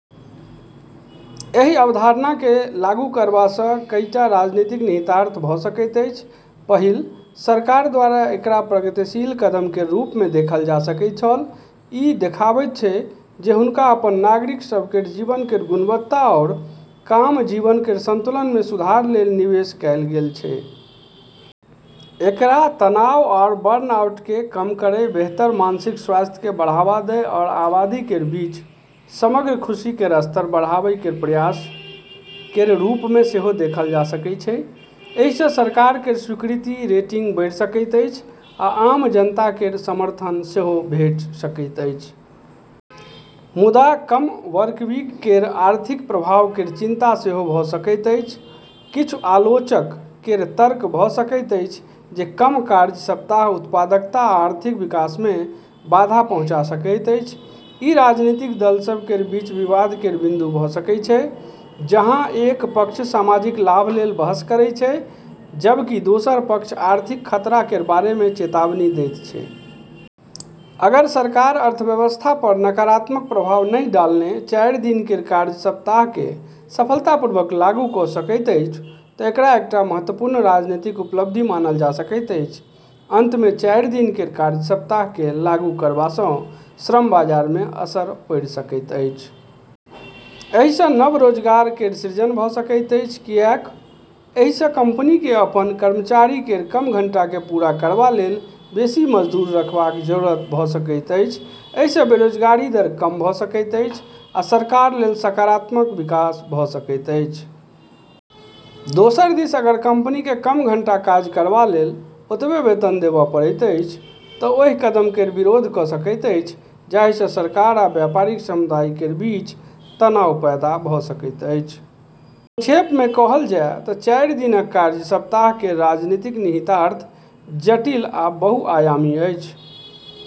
एहि अवधारणा केँ लागू करबा सँ कईटा राजनीतिक निहितार्थ भऽ सकैत अछि। पहिल, सरकार द्वारा एकरा प्रगतिशील कदम केर रूप मे देखल जा सकैत छल। ई देखाबैत छै जे हुनका अपन नागरिक सभ केर जीवन केर गुणवत्ता आरू काम-जीवन केर संतुलन मे सुधार लेल निवेश कएल गेल छै। एकरा तनाव आरू बर्नआउट केँ कम करै, बेहतर मानसिक स्वास्थ्य केँ बढ़ावा दै, आरू आबादी केर बीच समग्र खुशी केर स्तर बढ़ाबै केर प्रयास केर रूप मे सेहो देखल जा सकैत छै। एहि सँ सरकार केर स्वीकृति रेटिंग बढ़ि सकैत अछि आ आम जनता केर समर्थन सेहो भेटि सकैत अछि। मुदा, कम वर्कवीक केर आर्थिक प्रभाव केर चिंता सेहो भऽ सकैत अछि। किछु आलोचक केर तर्क भऽ सकैत अछि जे कम कार्य सप्ताह उत्पादकता आ आर्थिक विकास मे बाधा पहुँचा सकैत अछि। ई राजनीतिक दल सभ केर बीच विवाद केर बिंदु भऽ सकैत छै, जहाँ एक पक्ष सामाजिक लाभ लेल बहस करैत छै जबकि दोसर पक्ष आर्थिक खतरा केर बारे मे चेतावनी दैत छै। अगर सरकार अर्थव्यवस्था पर नकारात्मक प्रभाव नहि डालने चारि दिन केर कार्य सप्ताह केँ सफलतापूर्वक लागू कऽ सकैत अछि तँ एकरा एकटा महत्वपूर्ण राजनीतिक उपलब्धि मानल जा सकैत अछि। अंत मे चारि दिन केर कार्य सप्ताह केँ लागू करबा सँ श्रम बाजार मे असर पड़ि सकैत अछि। एहि सँ नव रोजगार केर सृजन भऽ सकैत अछि, कियाक एहि सँ कंपनी केँ अपन कर्मचारी केर कम घंटा केँ पूरा करबा लेल बेसी मजदूर रखबाक जरूरत भऽ सकैत अछि। एहि सँ बेरोजगारी दर कम भऽ सकैत अछि आ सरकार लेल सकारात्मक विकास भऽ सकैत अछि। दोसर दिस अगर कंपनी केँ कम घंटा काज करबा लेल ओतबे वेतन देबए पड़ैत अछि तँ ओ एहि कदम केर विरोध कऽ सकैत अछि, जाहि सँ सरकार आ व्यापारिक समुदाय केर बीच तनाव पैदा भऽ सकैत अछि। संक्षेप मे कहल जाय तँ चारि दिनक कार्य सप्ताह केर राजनीतिक निहितार्थ जटिल आ बहुआयामी अछि।